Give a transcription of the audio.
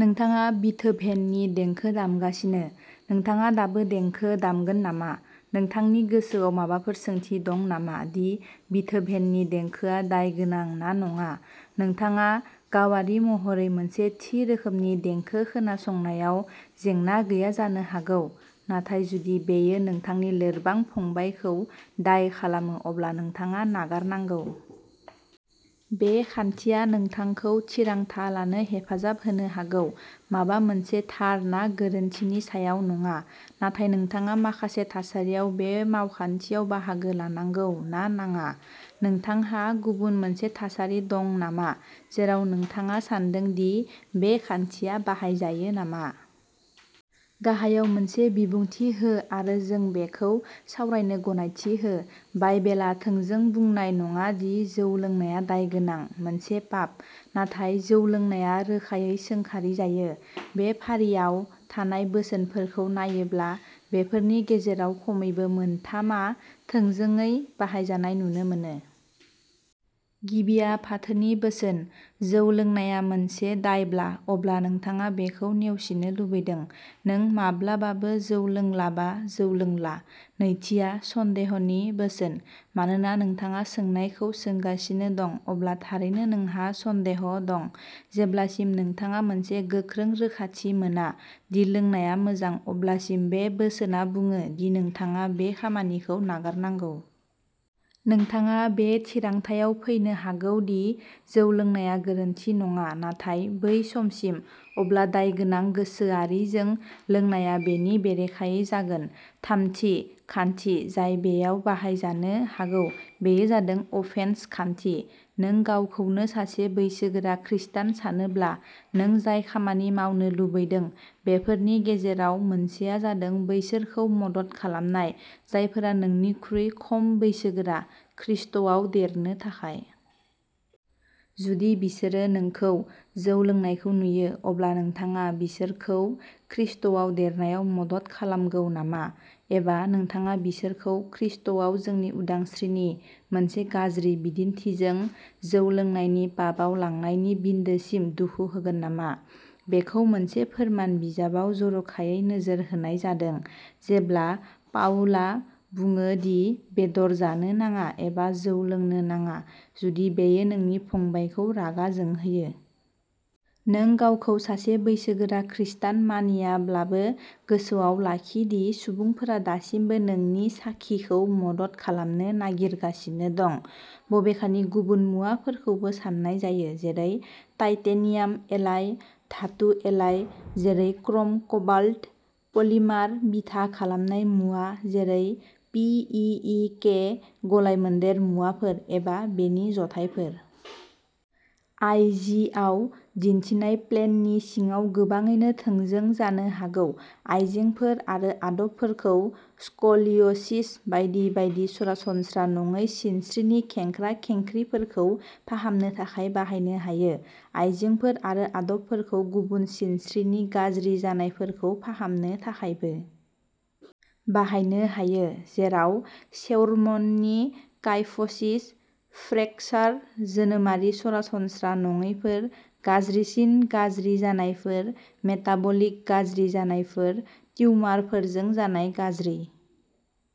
नोंथाङा बीथोभेननि देंखो दामगासिनो, नोंथाङा दाबो देंखो दामगोन नामा? नोंथांनि गोसोआव माबाफोर सोंथि दं नामा दि बीथोभेननि देंखोआ दायगोनां ना नङा? नोंथाङा गावारि महरै मोनसे थि रोखोमनि देंखो खोनासंनायाव जेंना गैया जानो हागौ, नाथाय जुदि बेयो नोंथांनि लोरबां फंबायखौ दाय खालामो अब्ला नोंथाङा नागारनांगौ। बे खान्थिया नोंथांखौ थिरांथा लानो हेफाजाब होनो हागौ माबा मोनसे थार ना गोरोन्थिनि सायाव नङा, नाथाय नोंथाङा माखासे थासारियाव बे मावखान्थियाव बाहागो लानांगौ ना नाङा। नोंथांहा गुबुन मोनसे थासारि दं नामा जेराव नोंथाङा सानदों दि बे खान्थिया बाहायजायो नामा? गाहायाव मोनसे बिबुंथि हो आरो जों बेखौ सावरायनो गनायथि हो। बाइबेला थोंजों बुंनाय नङा दि जौ लोंनाया दायगोनां। मोनसे पाप। नाथाय जौ लोंनाया रोखायै सोंखारिजायो। बे फारिआव थानाय बोसोनफोरखौ नायोब्ला, बेफोरनि गेजेराव खमैबो मोनथामआ थोंजोङै बाहायजानाय नुनो मोनो। गिबिया फाथोनि बोसोन। जौ लोंनाया मोनसे दायब्ला, अब्ला नोंथाङा बेखौ नेवसिनो लुबैदों। नों माब्लाबाबो जौ लोंलाबा जौ लोंला। नैथिआ सन्देहनि बोसोन। मानोना नोंथाङा सोंनायखौ सोंगासिनो दं, अब्ला थारैनो नोंहा सन्देह दं। जेब्लासिम नोंथाङा मोनसे गोख्रों रोखाथि मोना दि लोंनाया मोजां, अब्लासिम बे बोसोनआ बुङो दि नोंथाङा बे खामानिखौ नागारनांगौ। नोंथाङा बे थिरांथायाव फैनो हागौ दि जौ लोंनाया गोरोन्थि नङा, नाथाय बै समसिम, अब्ला दायगोनां गोसोआरिजों लोंनायआ बेनि बेरेखायै जागोन। थामथि खान्थि जाय बेयाव बाहायजानो हागौ बेयो जादों अफेन्स खान्थि। नों गावखौनो सासे बैसोगोरा खृस्टान सानोब्ला, नों जाय खामानि मावनो लुबैदों, बेफोरनि गेजेराव मोनसेआ जादों बैसोरखौ मदद खालामनाय, जायफोरा नोंनिख्रुइ खम बैसोगोरा, खृष्टआव देरनो थाखाय। जुदि बिसोरो नोंखौ जौ लोंनायखौ नुयो, अब्ला नोंथाङा बिसोरखौ खृष्टआव देरनायाव मदद खालामगौ नामा? एबा, नोंथाङा बिसोरखौ ख्रीष्टआव जोंनि उदांस्रिनि मोनसे गाज्रि बिदिन्थिजों जौ लोंनायनि पापआव लांनायनि बिन्दोसिम दुखु होगोन नामा? बेखौ मोनसे फोरमान बिजाबाव जर'खायै नोजोर होनाय जादों, जेब्ला पाउला बुङो दि बेदर जानो नाङा एबा जौ लोंनो नाङा, जुदि बेयो नोंनि फंबायखौ रागा जोंहोयो। नों गावखौ सासे बैसोगोरा खृस्टान मानियाब्लाबो, गोसोआव लाखि दि सुबुंफोरा दासिमबो नोंनि साखिखौ मदद खालामनो नागिरगासिनो दं। बबेखानि, गुबुन मुवाफोरखौबो सान्नाय जायो, जेरै, टाइटेनियाम एलाय, धातु एलाय जेरै क्र'म-कबाल्ट, पलिमार बिथा खालामनाय मुवा जेरै पी ई ई के गलायमोन्देर मुवाफोर, एबा बेनि जथायफोर। आइ जि आव दिन्थिनाय प्लेननि सिङाव गोबाङैनो थोंजों जानो हागौ। आइजेंफोर आरो आदबफोरखौ स्क'लिय'सिस बायदि बायदि सरासनस्रा नङै सिनस्रिनि खेंख्रा-खेंख्रिफोरखौ फाहामनो थाखाय बाहायनो हायो। आइजेंफोर आरो आदबफोरखौ गुबुन सिनस्रिनि गाज्रि जानायफोरखौ फाहामनो थाखायबो बाहायनो हायो, जेराव शेउर्मननि काइफ'सिस, फ्रेकचार, जोनोमारि सरासनस्रा नङैफोर, गाज्रिसिन गाज्रि जानायफोर, मेटाबलिक गाज्रि जानायफोर, टिउमारफोरजों जानाय गाज्रि